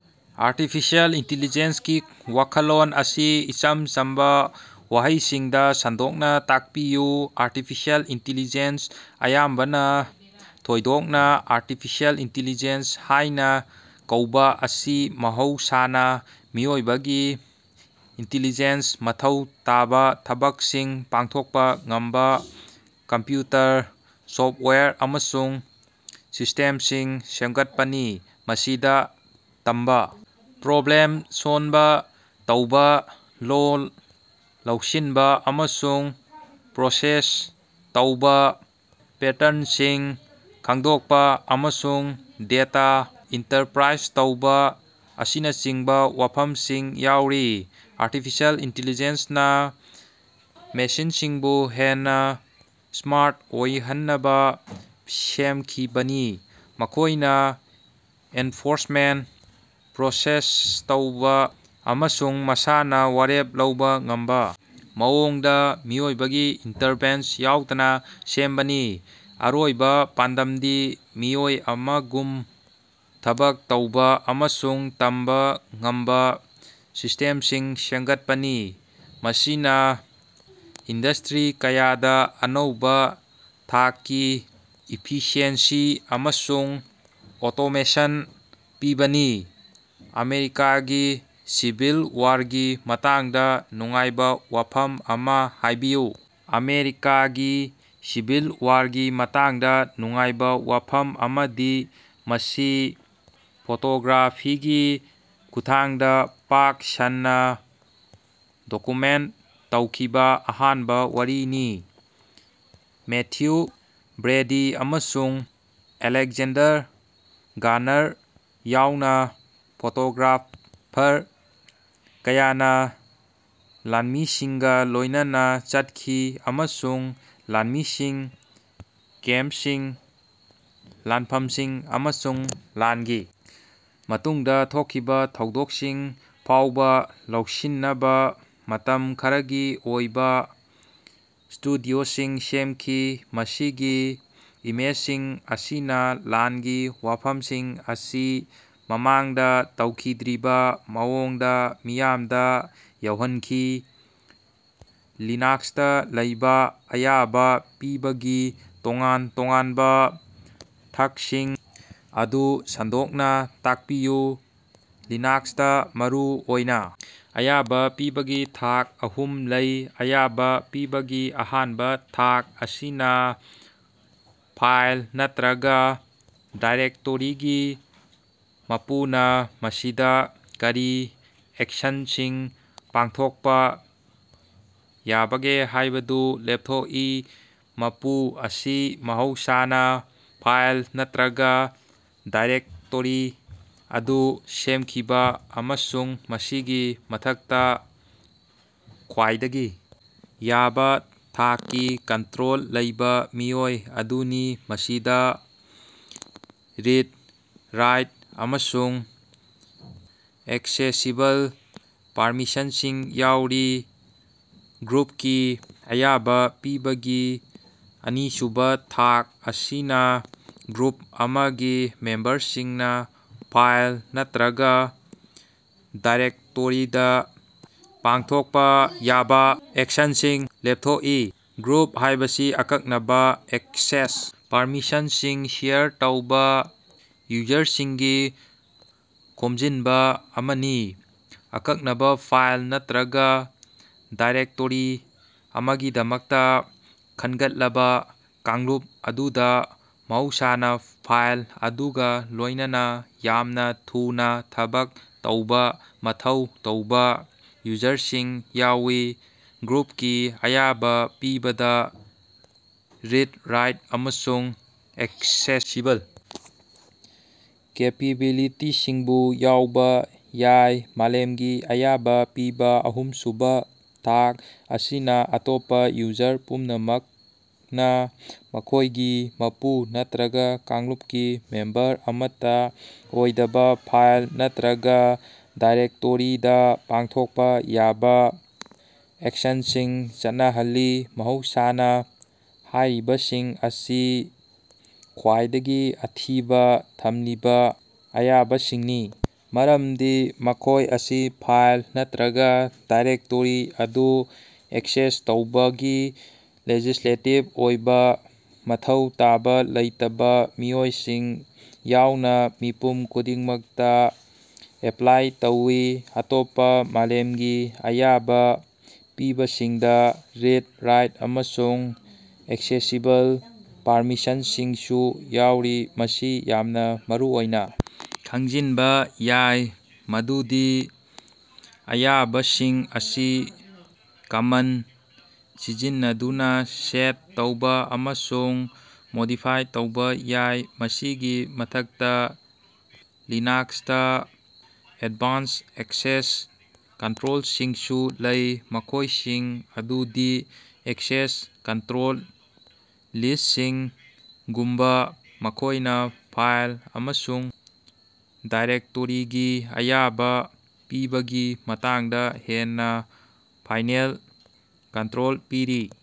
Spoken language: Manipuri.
ꯑꯥꯔꯇꯤꯐꯤꯁꯤꯑꯦꯜ ꯏꯟꯇꯦꯂꯤꯖꯦꯟꯁꯀꯤ ꯋꯥꯈꯜꯂꯣꯟ ꯑꯁꯤ ꯏꯆꯝ ꯆꯝꯕꯥ ꯋꯥꯍꯩꯁꯤꯡꯗꯥ ꯁꯟꯗꯣꯛꯅꯥ ꯇꯥꯛꯄꯤꯌꯨ꯫ ꯑꯥꯔꯇꯤꯐꯤꯁꯤꯑꯦꯜ ꯏꯟꯇꯦꯂꯤꯖꯦꯟꯁ, ꯑꯌꯥꯝꯕꯅꯥ ꯊꯣꯏꯗꯣꯛꯅꯥ ꯑꯥꯔꯇꯤꯐꯤꯁꯤꯑꯦꯜ ꯏꯟꯇꯦꯂꯤꯖꯦꯟꯁ ꯍꯥꯏꯅꯥ ꯀꯧꯕꯥ ꯑꯁꯤ ꯃꯍꯧꯁꯥꯅꯥ ꯃꯤꯑꯣꯏꯕꯒꯤ ꯏꯟꯇꯦꯂꯤꯖꯦꯟꯁ ꯃꯊꯧ ꯇꯥꯕꯥ ꯊꯕꯛꯁꯤꯡ ꯄꯥꯡꯊꯣꯛꯄꯥ ꯉꯝꯕꯥ ꯀꯝꯄ꯭ꯌꯨꯇꯔ ꯁꯣꯞꯋꯦꯌꯔ ꯑꯃꯁꯨꯡ ꯁꯤꯁꯇꯦꯝꯁꯤꯡ ꯁꯦꯝꯒꯠꯄꯅꯤ꯫ ꯃꯁꯤꯗꯥ ꯇꯝꯕꯥ, ꯄ꯭ꯔꯣꯕ꯭ꯂꯦꯝ ꯁꯣꯜꯕ ꯇꯧꯕꯥ, ꯂꯣꯜ ꯂꯧꯁꯤꯟꯕꯥ ꯑꯃꯁꯨꯡ ꯄ꯭ꯔꯣꯁꯦꯁ ꯇꯧꯕꯥ, ꯄꯦꯇ꯭ꯔꯟꯁꯤꯡ ꯈꯪꯗꯣꯛꯄꯥ, ꯑꯃꯁꯨꯡ ꯗꯦꯇꯥ ꯏꯟꯇꯔꯄ꯭ꯔꯥꯏꯖ ꯇꯧꯕꯥ ꯑꯁꯤꯅꯆꯤꯡꯕꯥ ꯋꯥꯐꯝꯁꯤꯡ ꯌꯥꯎꯔꯤ꯫ ꯑꯥꯔꯇꯤꯐꯤꯁꯤꯑꯦꯜ ꯏꯟꯇꯦꯂꯤꯖꯦꯟꯁꯅꯥ ꯃꯦꯁꯤꯟꯁꯤꯡꯕꯨ ꯍꯦꯟꯅꯥ ꯁ꯭ꯃꯥꯔꯠ ꯑꯣꯏꯍꯟꯅꯕꯥ ꯁꯦꯝꯈꯤꯕꯅꯤ, ꯃꯈꯣꯏꯅꯥ ꯏꯟꯐꯣꯔꯃꯦꯁꯟ ꯄ꯭ꯔꯣꯁꯦꯁ ꯇꯧꯕꯥ ꯑꯃꯁꯨꯡ ꯃꯁꯥꯅꯥ ꯋꯥꯔꯦꯞ ꯂꯧꯕꯥ ꯉꯝꯕꯥ ꯃꯑꯣꯡꯗꯥ, ꯃꯤꯑꯣꯏꯕꯒꯤ ꯏꯟꯇꯔꯚꯦꯟꯁꯟ ꯌꯥꯎꯗꯅꯥ ꯁꯦꯝꯕꯅꯤ꯫ ꯑꯔꯣꯏꯕꯥ ꯄꯥꯟꯗꯝꯗꯤ ꯃꯤꯑꯣꯏ ꯑꯃꯒꯨꯝ ꯊꯕꯛ ꯇꯧꯕꯥ ꯑꯃꯁꯨꯡ ꯇꯝꯕꯥ ꯉꯝꯕꯥ ꯁꯤꯁꯇꯦꯝꯁꯤꯡ ꯁꯦꯝꯒꯠꯄꯅꯤ, ꯃꯁꯤꯅꯥ ꯏꯟꯗꯁꯇ꯭ꯔꯤ ꯀꯌꯥꯗꯥ ꯑꯅꯧꯕꯥ ꯊꯥꯛꯀꯤ ꯏꯐꯤꯁꯤꯑꯦꯟꯁꯤ ꯑꯃꯁꯨꯡ ꯑꯣꯇꯣꯃꯦꯁꯟ ꯄꯤꯕꯅꯤ꯫ ꯑꯃꯦꯔꯤꯀꯥꯒꯤ ꯁꯤꯚꯤꯜ ꯋꯥꯔꯒꯤ ꯃꯇꯥꯡꯗꯥ ꯅꯨꯡꯉꯥꯏꯕꯥ ꯋꯥꯐꯝ ꯑꯃꯥ ꯍꯥꯏꯕꯤꯌꯨ꯫ ꯑꯃꯦꯔꯤꯀꯥꯒꯤ ꯁꯤꯚꯤꯜ ꯋꯥꯔꯒꯤ ꯃꯇꯥꯡꯗꯥ ꯅꯨꯡꯉꯥꯏꯕꯥ ꯋꯥꯐꯝ ꯑꯃꯗꯤ ꯃꯁꯤ ꯐꯣꯇꯣꯒ꯭ꯔꯥꯐꯤꯒꯤ ꯈꯨꯠꯊꯥꯡꯗꯥ ꯄꯥꯛ ꯁꯟꯅꯥ ꯗꯣꯀꯨꯃꯦꯟ ꯇꯧꯈꯤꯕꯥ ꯑꯍꯥꯟꯕꯥ ꯋꯥꯔꯅꯤ꯫ ꯃꯦꯊ꯭ꯌꯨ ꯕ꯭ꯔꯦꯗꯤ ꯑꯃꯁꯨꯡ ꯑꯂꯦꯛꯖꯦꯟꯗꯔ ꯒꯥꯔꯅꯔ ꯌꯥꯎꯅꯥ ꯐꯣꯇꯣꯒ꯭ꯔꯥꯐꯔ ꯀꯌꯥꯅꯥ ꯂꯥꯟꯃꯤꯁꯤꯡꯒꯥ ꯂꯣꯏꯅꯅꯥ ꯆꯠꯈꯤ ꯑꯃꯁꯨꯡ ꯂꯥꯟꯃꯤꯁꯤꯡ, ꯀꯦꯝꯄꯁꯤꯡ, ꯂꯥꯟꯐꯝꯁꯤꯡ ꯑꯃꯁꯨꯡ ꯂꯥꯟꯒꯤ ꯃꯇꯨꯡꯗꯥ ꯊꯣꯛꯈꯤꯕꯥ ꯊꯧꯗꯣꯛꯁꯤꯡ ꯐꯥꯎꯕꯥ ꯂꯧꯁꯤꯟꯅꯕꯥ ꯃꯇꯝ ꯈꯔꯒꯤ ꯑꯣꯏꯕꯥ ꯁ꯭ꯇꯨꯗꯤꯑꯣꯁꯤꯡ ꯁꯦꯝꯈꯤ꯫ ꯃꯁꯤꯒꯤ ꯏꯃꯦꯖꯁꯤꯡ ꯑꯁꯤꯅꯥ ꯂꯥꯟꯒꯤ ꯋꯥꯐꯝꯁꯤꯡ ꯑꯁꯤ ꯃꯃꯥꯡꯗꯥ ꯇꯧꯈꯤꯗ꯭ꯔꯤꯕꯥ ꯃꯑꯣꯡꯗꯥ ꯃꯤꯌꯥꯝꯗꯥ ꯌꯧꯍꯟꯈꯤ꯫ ꯂꯤꯅꯥꯛꯁꯇꯥ ꯂꯩꯕꯥ ꯑꯌꯥꯕꯥ ꯄꯤꯕꯒꯤ ꯇꯣꯉꯥꯟ-ꯇꯣꯉꯥꯟꯕꯥ ꯊꯥꯛꯁꯤꯡ ꯑꯗꯨ ꯁꯟꯗꯣꯛꯅꯥ ꯇꯥꯛꯄꯤꯌꯨ꯫ ꯂꯤꯅꯥꯛꯁꯇꯥ, ꯃꯔꯨ ꯑꯣꯏꯅꯥ ꯑꯌꯥꯕꯥ ꯄꯤꯕꯒꯤ ꯊꯥꯛ ꯑꯍꯨꯝ ꯂꯩ: ꯑꯌꯥꯕ ꯄꯤꯕꯒꯤ ꯑꯍꯥꯟꯕꯥ ꯊꯥꯛ ꯑꯁꯤꯅꯥ ꯐꯥꯏꯜ ꯅꯠꯇ꯭ꯔꯒꯥ ꯗꯥꯏꯔꯦꯛꯇꯣꯔꯤꯒꯤ ꯃꯄꯨꯅꯥ ꯃꯁꯤꯗꯥ ꯀꯔꯤ ꯑꯦꯛꯁꯟꯁꯤꯡ ꯄꯥꯡꯊꯣꯛꯄꯥ ꯌꯥꯕꯒꯦ ꯍꯥꯏꯕꯗꯨ ꯂꯦꯞꯊꯣꯛꯏ꯫ ꯃꯄꯨ ꯑꯁꯤ ꯃꯍꯧꯁꯥꯅ ꯐꯥꯏꯜ ꯅꯠꯇ꯭ꯔꯒꯥ ꯗꯥꯏꯔꯦꯛꯇꯣꯔꯤ ꯑꯗꯨ ꯁꯦꯝꯈꯤꯕꯥ ꯑꯃꯁꯨꯡ ꯃꯁꯤꯒꯤ ꯃꯊꯛꯇꯥ ꯈ꯭ꯋꯥꯏꯗꯒꯤ ꯋꯥꯡꯕꯥ ꯊꯥꯛꯀꯤ ꯀꯟꯇ꯭ꯔꯣꯜ ꯂꯩꯕꯥ ꯃꯤꯑꯣꯏ ꯑꯗꯨꯅꯤ, ꯃꯁꯤꯗꯥ ꯔꯤꯗ, ꯔꯥꯏꯠ ꯑꯃꯁꯨꯡ ꯑꯦꯛꯁꯦꯁꯤꯕꯜ ꯄꯔꯃꯤꯁꯟꯁꯤꯡ ꯌꯥꯎꯔꯤ꯫ ꯒ꯭ꯔꯨꯞꯀꯤ ꯑꯌꯥꯕꯥ ꯄꯤꯕꯒꯤ ꯑꯅꯤꯁꯨꯕꯥ ꯊꯥꯛ ꯑꯁꯤꯅꯥ ꯒ꯭ꯔꯨꯞ ꯑꯃꯒꯤ ꯃꯦꯝꯕꯔꯁꯤꯡꯅꯥ ꯐꯥꯏꯜ ꯅꯠꯇ꯭ꯔꯒꯥ ꯗꯥꯏꯔꯦꯛꯇꯣꯔꯤꯗꯥ ꯄꯥꯡꯊꯣꯛꯄꯥ ꯌꯥꯕꯥ ꯑꯦꯛꯁꯟꯁꯤꯡ ꯂꯦꯞꯊꯣꯛꯏ꯫ ꯒ꯭ꯔꯨꯞ ꯍꯥꯏꯕꯁꯤ ꯑꯀꯛꯅꯕꯥ ꯑꯦꯛꯁꯦꯁ ꯄꯔꯃꯤꯁꯟꯁꯤꯡ ꯁꯦꯌꯔ ꯇꯧꯕꯥ ꯌꯨꯖꯔꯁꯤꯡꯒꯤ ꯈꯣꯝꯖꯤꯟꯕꯥ ꯑꯃꯅꯤ꯫ ꯑꯀꯛꯅꯕꯥ ꯐꯥꯏꯜ ꯅꯠꯇ꯭ꯔꯒꯥ ꯗꯥꯏꯔꯦꯛꯇꯣꯔꯤ ꯑꯃꯒꯤꯗꯃꯛꯇꯥ ꯈꯟꯒꯠꯂꯕꯥ ꯀꯥꯡꯂꯨꯞ ꯑꯗꯨꯗꯥ ꯃꯍꯧꯁꯥꯅꯥ ꯐꯥꯏꯜ ꯑꯗꯨꯒꯥ ꯂꯣꯏꯅꯅꯥ ꯌꯥꯝꯅꯥ ꯊꯨꯅꯥ ꯊꯕꯛ ꯇꯧꯕꯥ ꯃꯊꯧ ꯇꯥꯕꯥ ꯌꯨꯖꯔꯁꯤꯡ ꯌꯥꯎꯏ꯫ ꯒ꯭ꯔꯨꯞꯀꯤ ꯑꯌꯥꯕꯥ ꯄꯤꯕꯗꯥ ꯔꯤꯗ, ꯔꯥꯏꯠ ꯑꯃꯁꯨꯡ ꯑꯦꯛꯁꯦꯁꯤꯕꯜ ꯀꯦꯄꯦꯕꯤꯂꯤꯇꯤꯁꯤꯡꯁꯨ ꯌꯥꯎꯕꯥ ꯌꯥꯏ꯫ ꯃꯥꯂꯦꯝꯒꯤ ꯑꯌꯥꯕꯥ ꯄꯤꯕꯒꯤ ꯑꯍꯨꯝꯁꯨꯕꯥ ꯊꯥꯛ ꯑꯁꯤꯅꯥ ꯑꯇꯣꯞꯄꯥ ꯌꯨꯖꯔ ꯄꯨꯝꯅꯃꯛꯅꯥ, ꯃꯈꯣꯏꯒꯤ ꯃꯄꯨ ꯅꯠꯇ꯭ꯔꯒꯥ ꯀꯥꯡꯂꯨꯞꯀꯤ ꯃꯦꯝꯕꯔ ꯑꯃꯠꯇꯥ ꯑꯣꯏꯗꯕꯥ, ꯐꯥꯏꯜ ꯅꯠꯇ꯭ꯔꯒꯥ ꯗꯥꯏꯔꯦꯛꯇꯣꯔꯤꯗꯥ ꯄꯥꯡꯊꯣꯛꯄꯥ ꯌꯥꯕꯥ ꯑꯦꯛꯁꯟꯁꯤꯡ ꯆꯠꯅꯍꯜꯂꯤ꯫ ꯃꯍꯧꯁꯥꯅꯥ ꯍꯥꯏꯔꯤꯕꯁꯤꯡ ꯑꯁꯤ ꯈ꯭ꯋꯥꯏꯗꯒꯤ ꯑꯊꯤꯡꯕꯥ ꯊꯝꯂꯤꯕꯥ ꯑꯌꯥꯕꯁꯤꯡꯅꯤ, ꯃꯔꯝꯗꯤ ꯃꯈꯣꯏ ꯑꯁꯤ ꯐꯥꯏꯜ ꯅꯠꯇ꯭ꯔꯒꯥ ꯗꯥꯏꯔꯦꯛꯇꯣꯔꯤ ꯑꯗꯨ ꯑꯦꯛꯁꯦꯁ ꯇꯧꯕꯒꯤ ꯂꯦꯖꯤꯁꯂꯦꯇꯤꯞ ꯑꯣꯏꯕꯥ ꯃꯊꯧ ꯇꯥꯕꯥ ꯂꯩꯇꯕꯥ ꯃꯤꯑꯣꯏꯁꯤꯡ ꯌꯥꯎꯅꯥ ꯃꯤꯄꯨꯝ ꯈꯨꯗꯤꯡꯃꯛꯇꯥ ꯑꯦꯄ꯭ꯂꯥꯏ ꯇꯧꯏ꯫ ꯑꯇꯣꯞꯄꯥ ꯃꯥꯂꯦꯝꯒꯤ ꯑꯌꯥꯕꯥ ꯄꯤꯕꯁꯤꯡꯗꯥ ꯔꯤꯗ, ꯔꯥꯏꯠ ꯑꯃꯁꯨꯡ ꯑꯦꯛꯁꯦꯁꯤꯕꯜ ꯄꯔꯃꯤꯁꯟꯁꯤꯡꯁꯨ ꯌꯥꯎꯔꯤ꯫ ꯃꯁꯤ ꯌꯥꯝꯅꯥ ꯃꯔꯨꯑꯣꯏꯅꯥ ꯈꯪꯖꯤꯟꯕꯥ ꯌꯥꯏ ꯃꯗꯨꯗꯤ ꯑꯌꯥꯕꯁꯤꯡ ꯑꯁꯤ ꯀꯃꯥꯟ ꯁꯤꯖꯤꯟꯅꯗꯨꯅꯥ ꯁꯦꯠ ꯇꯧꯕꯥ ꯑꯃꯁꯨꯡ ꯃꯣꯗꯤꯐꯥꯏ ꯇꯧꯕꯥ ꯌꯥꯏ꯫ ꯃꯁꯤꯒꯤ ꯃꯊꯛꯇꯥ, ꯂꯤꯅꯥꯛꯁꯇꯥ ꯑꯦꯠꯚꯥꯟꯁ ꯑꯦꯛꯁꯦꯁ ꯀꯟꯇ꯭ꯔꯣꯜꯁꯤꯡꯁꯨ ꯂꯩ, ꯃꯈꯣꯏꯁꯤꯡ ꯑꯗꯨꯗꯤ ꯑꯦꯛꯁꯦꯁ ꯀꯟꯇ꯭ꯔꯣꯜ ꯂꯤꯁꯁꯤꯡ ꯒꯨꯝꯕꯥ, ꯃꯈꯣꯏꯅꯥ ꯐꯥꯏꯜ ꯑꯃꯁꯨꯡ ꯗꯥꯏꯔꯦꯛꯇꯣꯔꯤꯒꯤ ꯑꯌꯥꯕꯥ ꯄꯤꯕꯒꯤ ꯃꯇꯥꯡꯗꯥ ꯍꯦꯟꯅꯥ ꯐꯥꯏꯅꯦꯜ ꯀꯟꯇ꯭ꯔꯣꯜ ꯄꯤꯔꯤ꯫